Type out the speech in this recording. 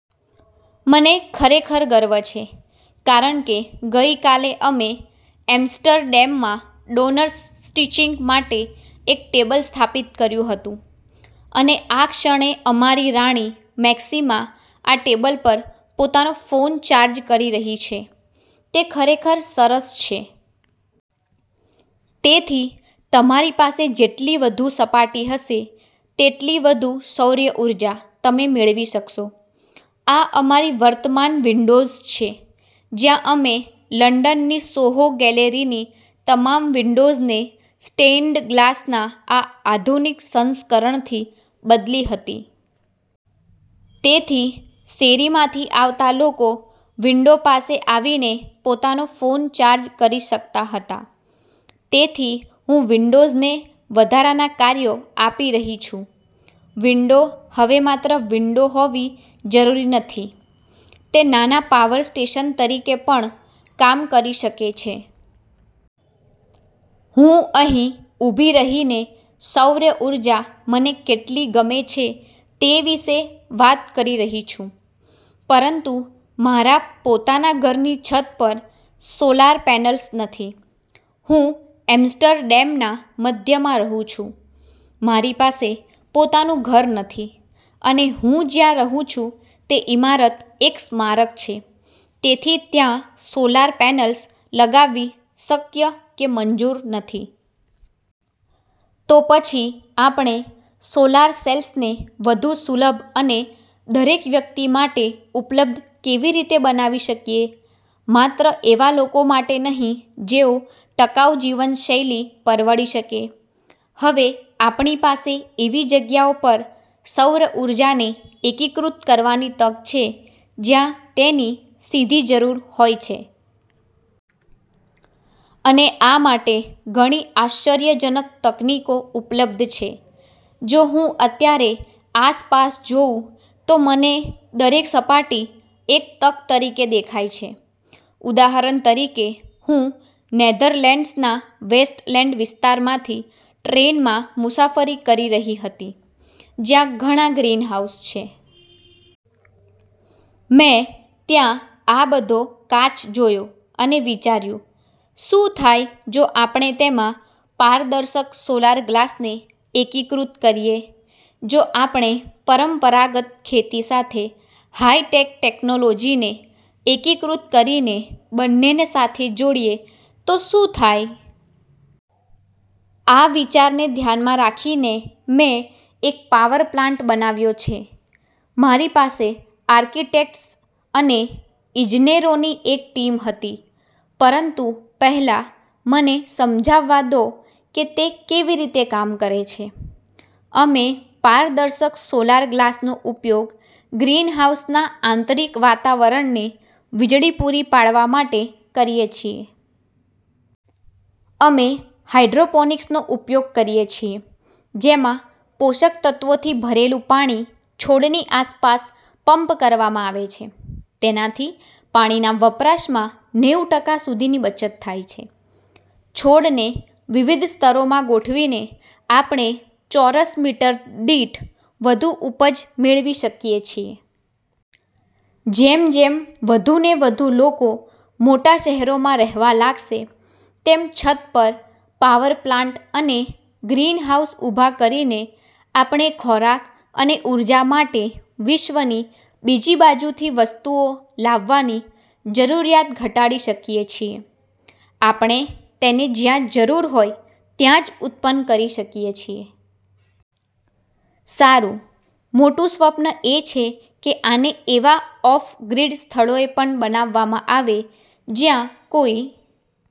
મને ખરેખર ગર્વ છે, કારણ કે ગઈકાલે અમે એમ્સ્ટરડેમમાં ડોનર્સ સ્ટિચિંગ માટે એક ટેબલ સ્થાપિત કર્યું હતું અને આ ક્ષણે અમારી રાણી મેક્સિમા આ ટેબલ પર પોતાનો ફોન ચાર્જ કરી રહી છે. તે ખરેખર સરસ છે. તેથી, તમારી પાસે જેટલી વધુ સપાટી હશે, તેટલી વધુ સૌર ઊર્જા તમે મેળવી શકશો. આ અમારી વર્તમાન વિંડોઝ છે, જ્યાં અમે લંડનની સોહો ગેલેરીની તમામ વિંડોઝને સ્ટેઇન્ડ ગ્લાસના આ આધુનિક સંસ્કરણથી બદલી હતી. તેથી શેરીમાંથી આવતા લોકો વિંડો પાસે આવીને પોતાનો ફોન ચાર્જ કરી શકતા હતા. તેથી હું વિંડોઝને વધારાનાં કાર્યો આપી રહી છું. વિંડો હવે માત્ર વિંડો હોવી જરૂરી નથી. તે નાના પાવર સ્ટેશન તરીકે પણ કામ કરી શકે છે. હું અહીં ઊભી રહીને સૌર ઊર્જા મને કેટલી ગમે છે તે વિશે વાત કરી રહી છું, પરંતુ મારા પોતાના ઘરની છત પર સોલાર પેનલ્સ નથી. હું એમ્સ્ટરડેમના મધ્યમાં રહું છું, મારી પાસે પોતાનું ઘર નથી અને હું જ્યાં રહું છું તે ઇમારત એક સ્મારક છે, તેથી ત્યાં સોલાર પેનલ્સ લગાવવી શક્ય કે મંજૂર નથી. તો પછી આપણે સોલાર સેલ્સને વધુ સુલભ અને દરેક વ્યક્તિ માટે ઉપલબ્ધ કેવી રીતે બનાવી શકીએ, માત્ર એવા લોકો માટે નહીં જેઓ ટકાઉ જીવનશૈલી પરવડી શકે? હવે આપણી પાસે એવી જગ્યાઓ પર સૌર ઊર્જાને એકીકૃત કરવાની તક છે, જ્યાં તેની સીધી જરૂર હોય છે. અને આ માટે ઘણી આશ્ચર્યજનક તકનીકો ઉપલબ્ધ છે. જો હું અત્યારે આસપાસ જોઉં, તો મને દરેક સપાટી એક તક તરીકે દેખાય છે. ઉદાહરણ તરીકે, હું નેધરલેન્ડ્સના વેસ્ટલેન્ડ વિસ્તારમાંથી ટ્રેનમાં મુસાફરી કરી રહી હતી, જ્યાં ઘણાં ગ્રીનહાઉસ છે. મેં ત્યાં આ બધો કાચ જોયો અને વિચાર્યું: શું થાય જો આપણે તેમાં પારદર્શક સોલાર ગ્લાસને એકીકૃત કરીએ? જો આપણે પરંપરાગત ખેતી સાથે હાઇ-ટેક ટેક્નોલોજીને એકીકૃત કરીને બંનેને સાથે જોડીએ તો શું થાય? આ વિચારને ધ્યાનમાં રાખીને, મેં એક પાવર પ્લાન્ટ બનાવ્યો છે. મારી પાસે આર્કિટેક્ટ્સ અને ઇજનેરોની એક ટીમ હતી. પરંતુ પહેલા મને સમજાવવા દો કે તે કેવી રીતે કામ કરે છે. અમે પારદર્શક સોલાર ગ્લાસનો ઉપયોગ ગ્રીનહાઉસના આંતરિક વાતાવરણને વીજળી પૂરી પાડવા માટે કરીએ છીએ. અમે હાઇડ્રોપોનિક્સનો ઉપયોગ કરીએ છીએ, જેમાં પોષક તત્ત્વોથી ભરેલું પાણી છોડની આસપાસ પંપ કરવામાં આવે છે. તેનાથી પાણીના વપરાશમાં નેવું ટકા સુધીની બચત થાય છે. છોડને વિવિધ સ્તરોમાં ગોઠવીને, આપણે ચોરસ મીટર દીઠ વધુ ઉપજ મેળવી શકીએ છીએ. જેમ જેમ વધુને વધુ લોકો મોટા શહેરોમાં રહેવા લાગશે, તેમ છત પર પાવર પ્લાન્ટ અને ગ્રીનહાઉસ ઊભાં કરીને આપણે ખોરાક અને ઊર્જા માટે વિશ્વની બીજી બાજુથી વસ્તુઓ લાવવાની જરૂરિયાત ઘટાડી શકીએ છીએ. આપણે તેને જ્યાં જરૂર હોય ત્યાં જ ઉત્પન્ન કરી શકીએ છીએ. સારું, મોટું સ્વપ્ન એ છે કે આને એવા ઑફ-ગ્રીડ સ્થળોએ પણ બનાવવામાં આવે, જ્યાં કોઈ...